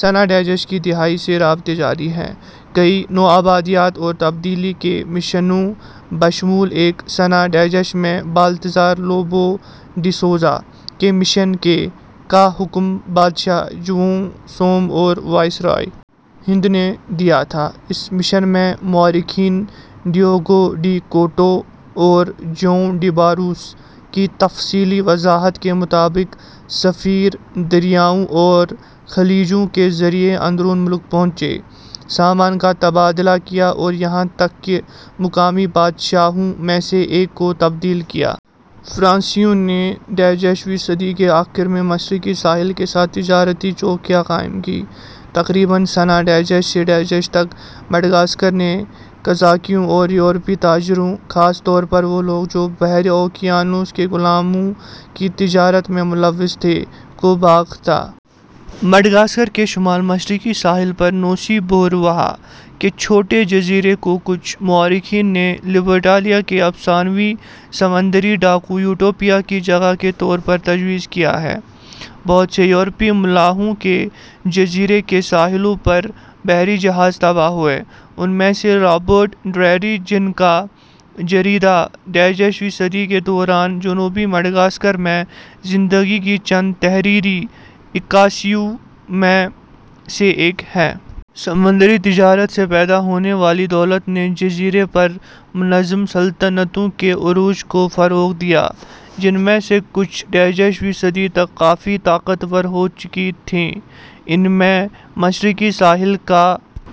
سنہ ء کی دہائی سے رابطے جاری رہے۔ کئی نوآبادیات اور تبدیلی کے مشنوں، بشمول ایک سنہ ء میں بالتزار لوبو ڈی سوسا کے مشن کے، کا حکم بادشاہ جواؤ سوم اور وائسرائے ہند نے دیا تھا، اس مشن میں، مورخین ڈیوگو ڈو کوٹو اور جواؤ ڈی باروس کی تفصیلی وضاحت کے مطابق، سفیر دریاؤں اور خلیجوں کے ذریعے اندرون ملک پہنچے، سامان کا تبادلہ کیا اور یہاں تک کہ مقامی بادشاہوں میں سے ایک کو تبدیل کیا۔ فرانسیسیوں نے ویں صدی کے آخر میں مشرقی ساحل کے ساتھ تجارتی چوکیاں قائم کیں۔ تقریباً سنہ ء سے ء تک، مڈغاسکر نے قزاقوں اور یورپی تاجروں، خاص طور پر وہ لوگ جو بحر اوقیانوس کی غلاموں کی تجارت میں ملوث تھے، کو بھگتا۔ مڈغاسکر کے شمال مشرقی ساحل پر نوسی بوروہا کے چھوٹے جزیرے کو کچھ مورخین نے لبرٹالیا کے افسانوی سمندری ڈاکو یوٹوپیا کی جگہ کے طور پر تجویز کیا ہے۔ بہت سے یورپی ملاحوں کے جزیرے کے ساحلوں پر بحری جہاز تباہ ہوئے، ان میں سے رابرٹ ڈریری، جن کا جریدہ ویں صدی کے دوران جنوبی مڈغاسکر میں زندگی کی چند تحریری عکاسیوں میں سے ایک ہے۔ سمندری تجارت سے پیدا ہونے والی دولت نے جزیرے پر منظم سلطنتوں کے عروج کو فروغ دیا، جن میں سے کچھ ویں صدی تک کافی طاقتور ہو چکی تھیں۔ ان میں مشرقی ساحل کا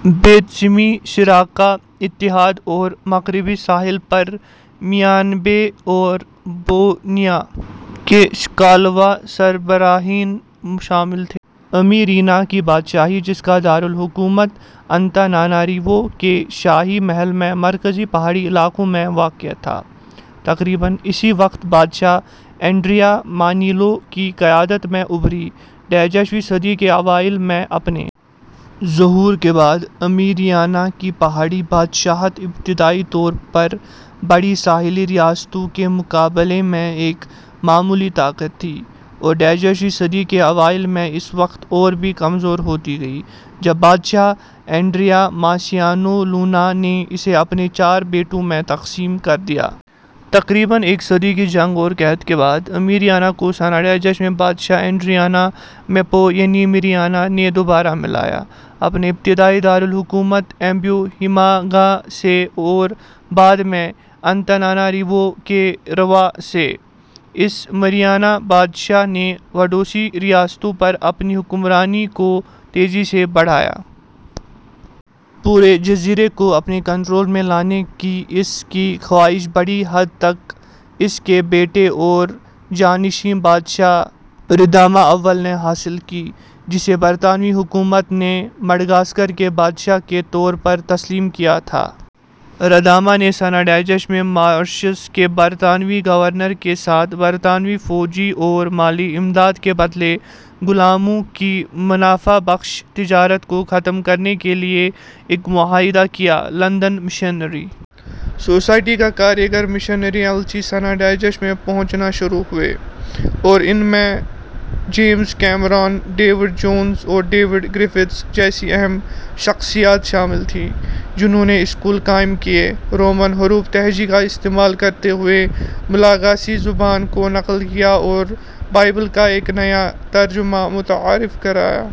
بیتسمیساراکا اتحاد اور مغربی ساحل پر مینابے اور بوینا کے ساکالوا سربراہان شامل تھے۔ امیرینا کی بادشاہی، جس کا دار الحکومت انتاناناریوو کے شاہی محل میں مرکزی پہاڑی علاقوں میں واقع تھا، تقریباً اسی وقت بادشاہ اینڈریامانیلو کی قیادت میں ابھری۔ ویں صدی کے اوائل میں اپنے ظہور کے بعد، امیرینا کی پہاڑی بادشاہت ابتدائی طور پر بڑی ساحلی ریاستوں کے مقابلے میں ایک معمولی طاقت تھی اور ویں صدی کے اوائل میں اس وقت اور بھی کمزور ہوتی گئی جب بادشاہ اندیریاماسیناوالونا نے اسے اپنے چار بیٹوں میں تقسیم کر دیا۔ تقریباً ایک صدی کی جنگ اور قحط کے بعد، امیرینا کو سنہ ء میں بادشاہ اینڈرینامپوینیمیرینا نے دوبارہ ملایا۔ اپنے ابتدائی دار الحکومت امبوہیمانگا سے اور بعد میں انتاناناریوو کے رووا سے، اس مرینا بادشاہ نے پڑوسی ریاستوں پر اپنی حکمرانی کو تیزی سے بڑھایا۔ پورے جزیرے کو اپنے کنٹرول میں لانے کی اس کی خواہش بڑی حد تک اس کے بیٹے اور جانشین، بادشاہ رداما اول نے حاصل کی، جسے برطانوی حکومت نے مڈغاسکر کے بادشاہ کے طور پر تسلیم کیا تھا۔ راداما نے سنہ ء میں ماریشس کے برطانوی گورنر کے ساتھ برطانوی فوجی اور مالی امداد کے بدلے غلاموں کی منافع بخش تجارت کو ختم کرنے کے لیے ایک معاہدہ کیا۔ لندن مشنری سوسائٹی کے کاریگر مشنری ایلچی سنہ ء میں پہنچنا شروع ہوئے اور ان میں جیمز کیمرون، ڈیوڈ جونز اور ڈیوڈ گریفتھس جیسی اہم شخصیات شامل تھیں، جنھوں نے اسکول قائم کیے، رومن حروف تہجی کا استعمال کرتے ہوئے ملاگاسی زبان کو نقل کیا اور بائبل کا ایک نیا ترجمہ متعارف کرایا۔